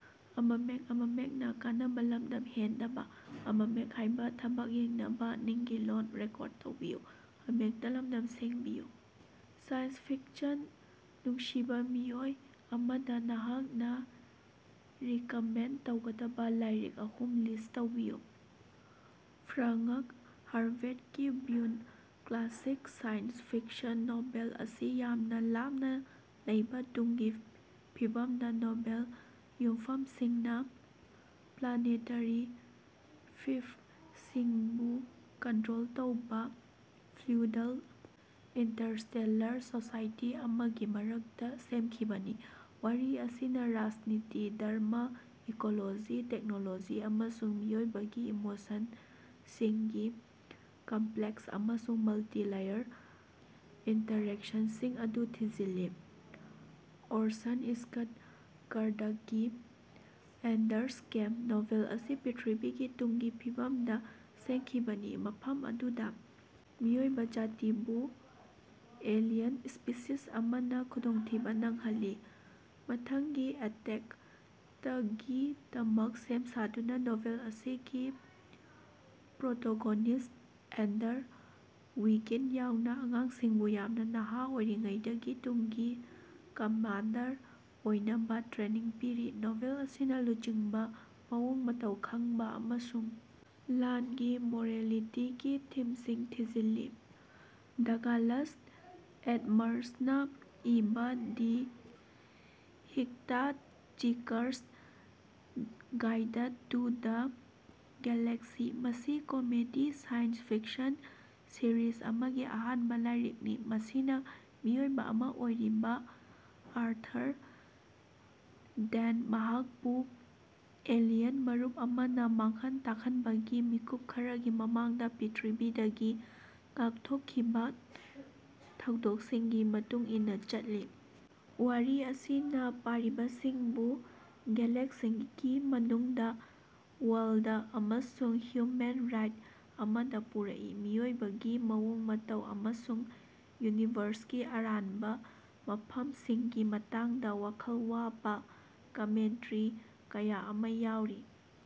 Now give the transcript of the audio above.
Science fiction ꯅꯨꯡꯁꯤꯕꯥ ꯃꯤꯑꯣꯏ ꯑꯃꯗ ꯅꯍꯥꯛꯅ ꯔꯤꯀꯃꯦꯟꯗ ꯇꯧꯒꯗꯕ ꯂꯥꯏꯔꯤꯛ ꯑꯍꯨꯝ ꯂꯤꯁ꯭ꯠ ꯇꯧꯕꯤꯌꯨ꯫ ꯐ꯭ꯔꯥꯉ꯭ꯛ ꯍꯔꯕꯦꯠꯀꯤ "Dune" classic science fiction novel ꯑꯁꯤ ꯌꯥꯝꯅ ꯂꯥꯞꯅ ꯂꯩꯕꯥ ꯇꯨꯡꯒꯤ ꯐꯤꯕꯝꯗ ꯅꯣꯕꯦꯜ ꯌꯨꯝꯐꯝ ꯁꯤꯡꯅ ꯄ꯭ꯂꯥꯅꯦꯇꯔꯤ ꯐꯤꯐꯁꯤꯡꯕꯨ ꯀꯟꯇ꯭ꯔꯣꯜ ꯇꯧꯕꯥ ꯐ꯭ꯌꯨꯗꯜ ꯏꯟꯇꯔꯁꯇꯦꯜꯂꯔ ꯁꯣꯁꯥꯏꯇꯤ ꯑꯃꯒꯤ ꯃꯔꯛꯇ ꯁꯦꯝꯈꯤꯕꯅꯤ꯫ ꯋꯥꯔꯤ ꯑꯁꯤꯅꯥ ꯔꯥꯖꯅꯤꯇꯤ, ꯙꯔꯃ, ꯏꯀꯣꯂꯣꯖꯤ, ꯇꯦꯛꯅꯣꯂꯣꯖꯤ ꯑꯃꯁꯨꯡ ꯃꯤꯑꯣꯏꯕꯒꯤ ꯏꯃꯣꯁꯟꯁꯤꯡꯒꯤ ꯀꯝꯄ꯭ꯂꯦꯛꯁ ꯑꯃꯁꯨꯡ ꯃꯜꯇꯤ-ꯂꯦꯌꯔ ꯏꯟꯇꯔꯦꯛꯁꯟꯁꯤꯡ ꯑꯗꯨ ꯊꯤꯖꯤꯜꯂꯤ꯫ ꯑꯣꯔꯁꯟ ꯁ꯭ꯀꯠ ꯀꯥꯔꯗꯀꯤ "ꯑꯦꯟꯗꯔꯁ ꯒꯦꯝ" ꯅꯣꯚꯦꯜ ꯑꯁꯤ ꯄ꯭ꯔꯤꯊꯤꯕꯤꯒꯤ ꯇꯨꯡꯒꯤ ꯐꯤꯕꯝꯗ ꯁꯦꯝꯈꯤꯕꯅꯤ ꯃꯐꯝ ꯑꯗꯨꯗ ꯃꯤꯑꯣꯏꯕ ꯖꯥꯇꯤꯕꯨ ꯑꯦꯂꯤꯌꯟ ꯁ꯭ꯄꯤꯁꯤꯁ ꯑꯃꯅ ꯈꯨꯗꯣꯡꯊꯤꯕ ꯅꯪꯍꯜꯂꯤ꯫ ꯃꯊꯪꯒꯤ ꯑꯦꯇꯦꯛꯇꯀꯤꯗꯃꯛ ꯁꯦꯝ ꯁꯥꯗꯨꯅ ꯅꯣꯚꯦꯜ ꯑꯁꯤꯒꯤ ꯄ꯭ꯔꯣꯇꯣꯒꯣꯅꯤꯁ꯭ꯠ ꯑꯦꯟꯗꯔ ꯋꯤꯒꯤꯟ ꯌꯥꯎꯅ ꯑꯉꯥꯡꯁꯤꯡꯕꯨ ꯌꯥꯝꯅ ꯅꯍꯥ ꯑꯣꯏꯔꯤꯉꯩꯗꯒꯤ ꯇꯨꯡꯒꯤ ꯀꯃꯥꯟꯗꯔ ꯑꯣꯏꯅꯕ ꯇ꯭ꯔꯦꯅꯤꯡ ꯄꯤꯔꯤ꯫ ꯅꯣꯚꯦꯜ ꯑꯁꯤꯅꯥ ꯂꯨꯆꯤꯡꯕ, ꯃꯑꯣꯡ ꯃꯇꯧ ꯈꯪꯕ ꯑꯃꯁꯨꯡ ꯂꯥꯟꯒꯤ ꯃꯣꯔꯦꯂꯤꯇꯤꯒꯤ ꯊꯤꯝꯁꯤꯡ ꯊꯤꯖꯤꯜꯂꯤ꯫ ꯗꯒꯂꯁ ꯑꯦꯗꯃꯁꯅ ꯏꯕꯥ "the hitchhiker's guide to the galaxy" ꯃꯁꯤ ꯀꯣꯃꯦꯗꯤ ꯁꯥꯏꯟꯁ ꯐꯤꯛꯁꯟ ꯁꯤꯔꯤꯖ ꯑꯃꯒꯤ ꯑꯍꯥꯟꯕ ꯂꯥꯏꯔꯤꯛꯅꯤ ꯃꯁꯤꯅ ꯃꯤꯑꯣꯏꯕ ꯑꯃ ꯑꯣꯏꯔꯤꯕ ꯑꯥꯔꯊꯔ ꯗꯦꯟꯇ ꯃꯍꯥꯛꯄꯨ ꯑꯦꯂꯤꯌꯟ ꯃꯔꯨꯞ ꯑꯃꯅ ꯃꯥꯡꯍꯟ ꯇꯥꯛꯍꯟꯕꯒꯤ ꯃꯤꯀꯨꯞ ꯈꯔꯒꯤ ꯃꯃꯥꯡꯗ ꯄ꯭ꯔꯤꯊꯤꯕꯤꯗꯒꯤ ꯉꯥꯛꯊꯣꯛꯈꯤꯕ ꯊꯧꯗꯣꯛꯁꯤꯡꯒꯤ ꯃꯇꯨꯡ ꯏꯟꯅ ꯆꯠꯂꯤ꯫ ꯋꯥꯔꯤ ꯑꯁꯤꯅ ꯄꯥꯔꯤꯕꯁꯤꯡꯕꯨ ꯒꯦꯂꯦꯛꯁꯤꯒꯤ ꯃꯅꯨꯡꯗ ꯋꯥꯏꯜꯗ ꯑꯃꯁꯨꯡ ꯍ꯭ꯌꯨꯃꯦꯟ ꯔꯥꯏꯗ ꯑꯃꯗ ꯄꯨꯔꯛꯏ ꯃꯤꯑꯣꯏꯕꯒꯤ ꯃꯑꯣꯡ ꯃꯇꯧ ꯑꯃꯁꯨꯡ ꯌꯨꯅꯤꯚꯔ꯭ꯁꯀꯤ ꯑꯔꯥꯟꯕ ꯋꯥꯐꯝꯁꯤꯡꯒꯤ ꯃꯇꯥꯡꯗ ꯋꯥꯈꯜ ꯋꯥꯕ ꯀꯃꯦꯟꯇ꯭ꯔꯤ ꯀꯌꯥ ꯑꯃ ꯌꯥꯎꯔꯤ꯫